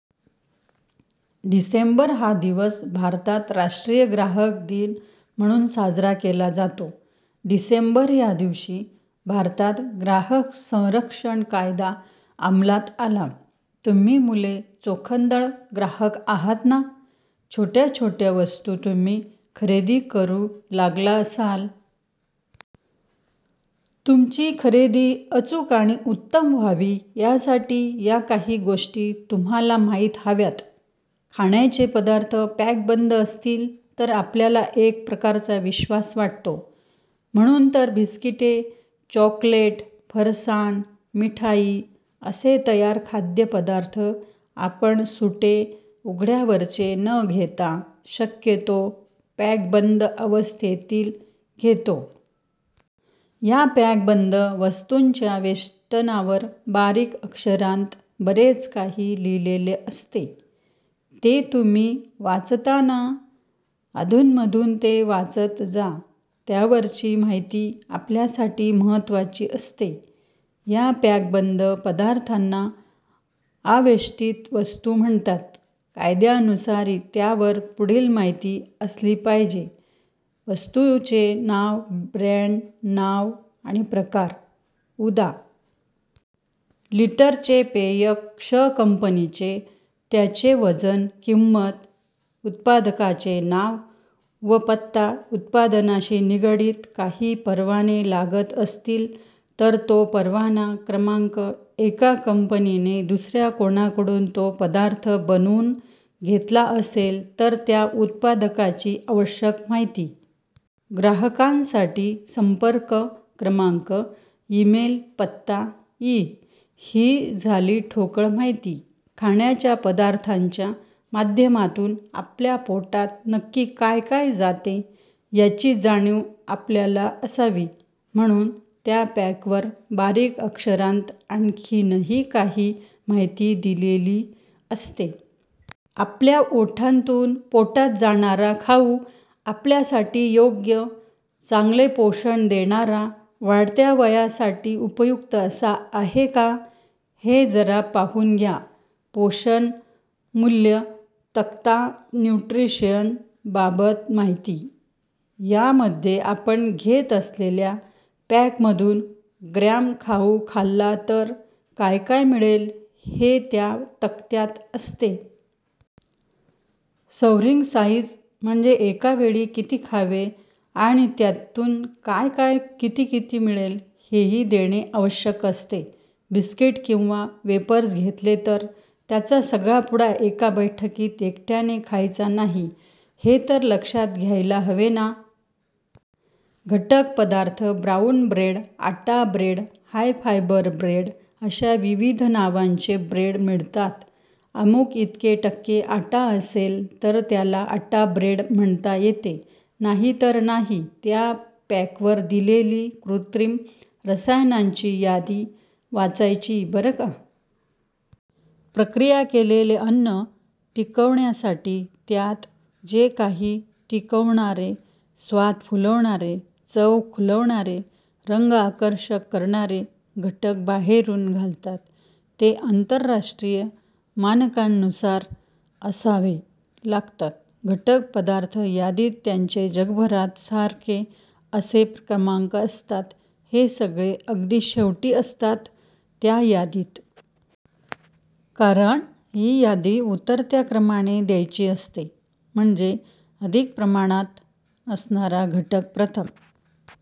डिसेंबर हा दिवस भारतात 'राष्ट्रीय ग्राहक दिन' म्हणून साजरा केला जातो. डिसेंबर या दिवशी, भारतात 'ग्राहक संरक्षण कायदा' अमलात आला. तुम्ही मुले चोखंदळ ग्राहक आहात ना? छोट्या छोट्या वस्तू तुम्ही खरेदी करू लागला असाल. तुमची खरेदी अचूक आणि उत्तम व्हावी, यासाठी या काही गोष्टी तुम्हांला माहीत हव्यात. खाण्याचे पदार्थ पॅकबंद असतील तर आपल्याला एक प्रकारचा विश्वास वाटतो. म्हणून तर बिस्किटे, चॉकलेट, फरसाण, मिठाई असे तयार खाद्यपदार्थ आपण सुटे, उघड्यावरचे न घेता, शक्यतो पॅकबंद अवस्थेतील घेतो. या पॅकबंद वस्तूंच्या वेष्टनावर बारीक अक्षरांत बरेच काही लिहिलेले असते. ते तुम्ही वाचता ना? अधूनमधून ते वाचत जा. त्यावरची माहिती आपल्यासाठी महत्त्वाची असते. या पॅकबंद पदार्थांना आवेष्टित वस्तू म्हणतात. कायद्यानुसार त्यावर पुढील माहिती असली पाहिजे: वस्तूचे नाव ब्रँड नाव आणि प्रकार- उदा. लिटरचे पेय, 'क्ष' कंपनीचे त्याचे वजन- किंमत- उत्पादकाचे नाव व पत्ता. उत्पादनाशी निगडित काही परवाने लागत असतील तर तो परवाना क्रमांक. एका कंपनीने दुसऱ्या कोणाकडून तो पदार्थ बनवून घेतला असेल, तर त्या उत्पादकाची आवश्यक माहिती. ग्राहकांसाठी संपर्क क्रमांक, इमेल, पत्ता, इ. ही झाली ठोकळ माहिती. खाण्याच्या पदार्थांच्या माध्यमातून आपल्या पोटात नक्की काय काय जाते, याची जाणीव आपल्याला असावी म्हणून त्या पॅकवर बारीक अक्षरांत आणखीही काही माहिती दिलेली असते. आपल्या ओठांतून पोटात जाणारा खाऊ आपल्यासाठी योग्य, चांगले पोषण देणारा, वाढत्या वयासाठी उपयुक्त असा आहे का, हे जरा पाहून घ्या.. पोषण मूल्य तक्ता- न्युट्रिशनबाबत माहिती: यामध्ये आपण घेत असलेल्या पॅकमधून ग्रॅम खाऊ खाल्ला तर काय काय मिळेल हे त्या तक्त्यात असते. सव्र्हिंग साइझ- म्हणजे एका वेळी किती खावे आणि त्यातून काय काय, किती मिळेल, हेही देणे आवश्यक असते. बिस्कीट किंवा वेफर्स घेतले तर त्याचा सगळा पुडा एका बैठकीत एकट्याने खायचा नाही, हे तर लक्षात घ्यायला हवे ना!. घटक पदार्थ- ब्राऊन ब्रेड, आटा ब्रेड, हाय फायबर ब्रेड अशा विविध नावांचे ब्रेड मिळतात. अमुक इतके टक्के आटा असेल तर त्याला आटा ब्रेड म्हणता येते, नाहीतर नाही. त्या पॅकवर दिलेली कृत्रिम रसायनांची यादी वाचायची बरं का! प्रक्रिया केलेले अन्न टिकविण्यासाठी त्यात जे काही टिकवणारे, स्वाद फुलवणारे, चव खुलविणारे, रंग आकर्षक करणारे घटक बाहेरून घालतात, ते आंतरराष्ट्रीय मानकांनुसार असावे लागतात. घटक पदार्थ यादीत त्यांचे जगभरात सारखे असे क्रमांक असतात. हे सगळे अगदी शेवटी असतात त्या यादीत. कारण ही यादी उतरत्या क्रमाने द्यायची असते. म्हणजे अधिक प्रमाणात असणारा घटक प्रथम